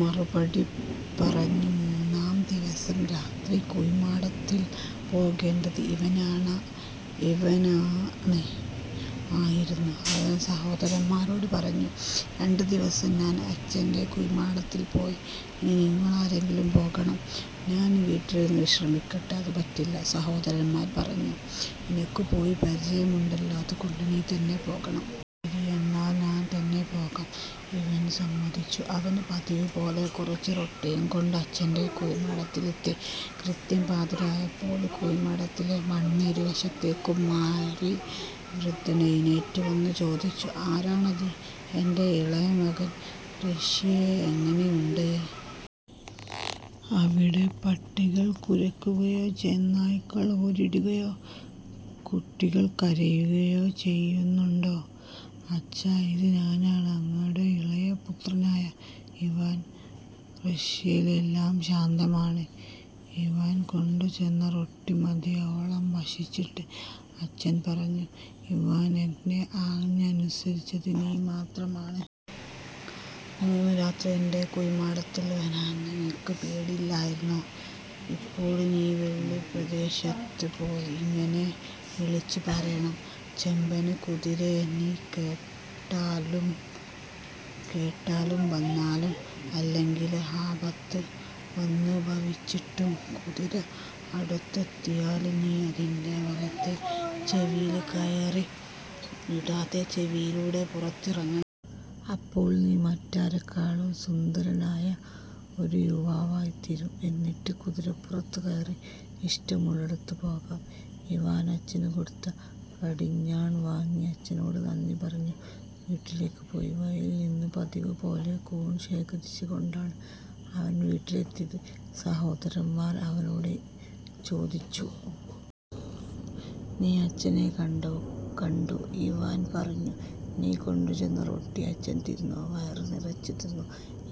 മറുപടി പറഞ്ഞു. മൂന്നാം ദിവസം രാത്രി കുഴിമാടത്തില് പോകേണ്ടത് ഇവനാണ് ഇവനാണ്ആയിരുന്നു. അവൻ സഹോദരന്മാരോട് പറഞ്ഞു. "രണ്ടു ദിവസം ഞാൻ അച്ഛന്റെ കുഴിമാടത്തിൽ പോയി. ഇനി നിങ്ങളാരെങ്കിലും പോകണം. ഞാന് വീട്ടിലിരുന്ന് വിശ്രമിക്കട്ടെ! " "അത് പറ്റില്ല, " സഹോദരന്മാർ പറഞ്ഞു. "നിനക്കു പോയി പരിചയമുണ്ടല്ലോ, അത്കൊണ്ട് നീ തന്നെ പോകണം. " "ശരി, എന്നാൽ ഞാൻ തന്നെ പോകാം. " ഇവാൻ സമ്മതിച്ചു. അവൻ പതിവ് പോലെ കുറച്ചു റൊട്ടിയും കൊണ്ട് അച്ഛന്റെ കുഴിമാടത്തിലെത്തി. കൃത്യം പാതിരായായപ്പോൾകുഴിമാടത്തിലെ മണ്ണ് ഇരുവശത്തേയ്ക്കും മാറി. വൃദ്ധൻ എഴുന്നേറ്റ് വന്ന് ചോദിച്ചു. "ആരാണത്? എന്റെ ഇളയ മകനാണോ? റഷ്യ എങ്ങിനെയുണ്ട്? അവിടെ പട്ടികള് കുരയ്ക്കുകയോ, ചെന്നായ്ക്കള് ഓരിയിടുകയോ, കുട്ടികള് കരയുകയോ ചെയ്യുന്നുണ്ടോ? " "അച്ഛാ, ഇത് ഞാനാണ്, അങ്ങയുടെ ഇളയ പുത്രനായ ഇവാന്.. റഷ്യയില് എല്ലാം ശാന്തമാണ്" ഇവാന് കൊണ്ട് ചെന്ന റൊട്ടി മതിയാവോളം ഭക്ഷിച്ചിട്ട് അച്ഛന് പറഞ്ഞു. "ഇവാന്, എന്റെ ആജ്ഞ അനുസരിച്ചത് നീ മാത്രമാണ്. മൂന്ന് രാത്രി എന്റെ കുഴിമാടത്തില് വരാൻ നിനക്കു പേടിയില്ലായിരുന്നു. ഇപ്പോൾനീ വെളിപ്രദേശത്ത് പോയി ഇങ്ങനെ വിളിച്ച് പറയണം. "ചെമ്പന് കുതിരെ, നീ കേട്ടാലും, വന്നാലും. അല്ലെങ്കില് ആപത്ത് വന്നു ഭവിച്ചീട്ടും! " കുതിര അടുത്തെത്തിയാൽ നീ അതിന്റെ വലത്തെ ചെവിയില് കയറി ഇടാതെ ചെവിയിലൂടെ പുറത്തിറങ്ങണം. അപ്പോൾ നീ മറ്റാരേക്കാളും സുന്ദരനായ ഒരു യുവാവായിത്തീരും. എന്നിട്ട് കുതിരപ്പുറത്ത് കയറി ഇഷ്ടമുള്ളിടത്ത് പോകാം. " ഇവാൻ, അച്ഛന് കൊടുത്ത കടിഞ്ഞാണ് വാങ്ങി അഃച്ഛനോട് നന്ദി പറഞ്ഞു വീട്ടിലേയ്ക്ക് പോയി. വഴിയിൽ നിന്ന് പതിവ് പോലെ കൂൺ ശേഖരിച്ച് കൊണ്ടാണ് അവന് വീട്ടിലെത്തിയത്. സഹോദരന്മാർ അവനോടു ചോദിച്ചു. "നീ അച്ഛനെ കണ്ടോ"? "കണ്ടു" ഇവാന് പറഞ്ഞു. "നീ കൊണ്ടുചെന്ന റൊട്ടി അച്ഛന് തിന്നോ? " "വയറ് നിറച്ചു തിന്നു.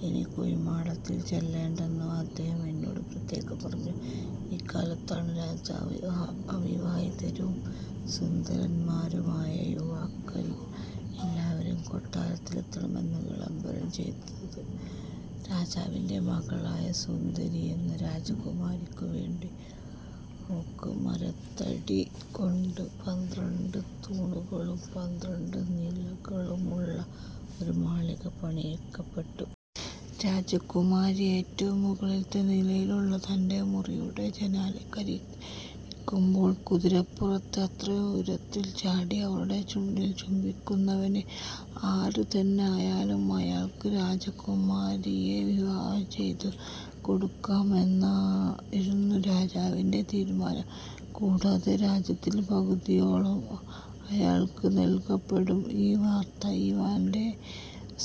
ഇനി കുഴിമാടത്തില് ചെല്ലേണ്ടെന്ന് അദ്ദേഹം എന്നോട് പ്രത്യേകം പറഞ്ഞു. " ഇക്കാലത്താണ് രാജാവ് അവിവാഹിതരും സുന്ദരന്മാരുമായ യുവാക്കല് എല്ലാവരും കൊട്ടാരത്തിലെത്തണമെന്ന് വിളംബരം ചെയ്തത്. രാജാവിന്റെ മകളായ സുന്ദരി എന്ന രാജകുമാരിക്കുവേണ്ടി ഓക്ക് മരത്തടി കൊണ്ട് പന്ത്രണ്ടു തൂണുകളും പന്ത്രണ്ടു നിലകളുമുള്ള ഒരു മാളിക പണിയിക്കപ്പെട്ടു. രാജകുമാരി ഏറ്റവും മുകളിലത്തെ നിലയിലുള്ള തന്റെ മുറിയുടെ ജനാലക്കരികിലിരിക്കുമ്പോൾ കുതിരപ്പുറത്ത് അത്രയും ഉയരത്തിൽ ചാടി അവളുടെ ചുണ്ടില് ചുംബിക്കുന്നവൻ ആര് തന്നെ ആയാലും അയാൾക്ക് രാജകുമാരിയെ വിവാഹം ചെയ്തു കൊടുക്കുമെന്നായിരുന്നു രാജാവിന്റെ തീരുമാനം. കൂടാതെ രാജ്യത്തില് പകുതിയോളം അയാൾക്ക് നൽകപ്പെടും. ഈ വാർത്ത ഇവന്റെ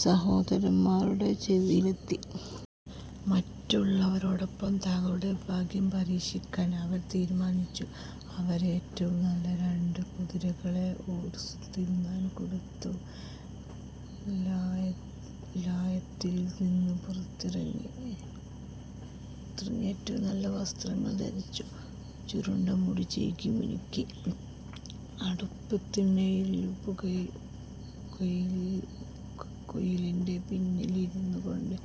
സഹോദരന്മാരുടെ ചെവിയിലെത്തി. മറ്റുള്ളവരോടൊപ്പം തങ്ങളുടെ ഭാഗ്യം പരീക്ഷിക്കാൻ അവര് തീരുമാനിച്ചു. അവർഏറ്റവും നല്ല രണ്ടു കുതിരകളെ ഓട്ട്സ് തിന്നാൻ കൊടുത്ത് ലായത്തി ലായത്തിൽ നിന്ന് പുറത്തിറക്കി. ഏറ്റവും നല്ല വസ്ത്രങ്ങൾ ധരിച്ചു. ചുരുണ്ട മുടി ചീകി മിനുക്കി. അടുപ്പിന്തിണ്ണയിൽ പുകക്കുഴലിന്റെ പിന്നില് ഇരുന്നുകൊണ്ട്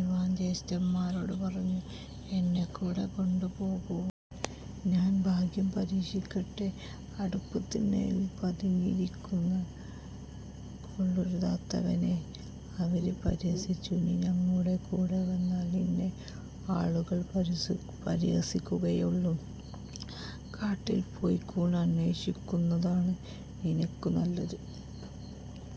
ഇവാൻ ജ്യേഷ്ഠന്മാരോട് പറഞ്ഞു. "എന്നെക്കൂടെ കൊണ്ട് പോകൂ. ഞാന് ഭാഗ്യം പരീക്ഷിക്കട്ടെ! " "അടുപ്പിന്തിണ്ണയില് പതുങ്ങിയിരിക്കുന്ന കൊള്ളരുതാത്തവനെ, " അവര് പരിഹസിച്ചു. "നീ ഞങ്ങളുടെ കൂടെ വന്നാല് നിന്നെ ആളുകള് പരിഹസിക്കുകയെയുള്ളൂ. കാട്ടിൽപോയി കൂണ് അന്വേശിക്കുന്നതാണ് നിനക്കു നല്ലത്"।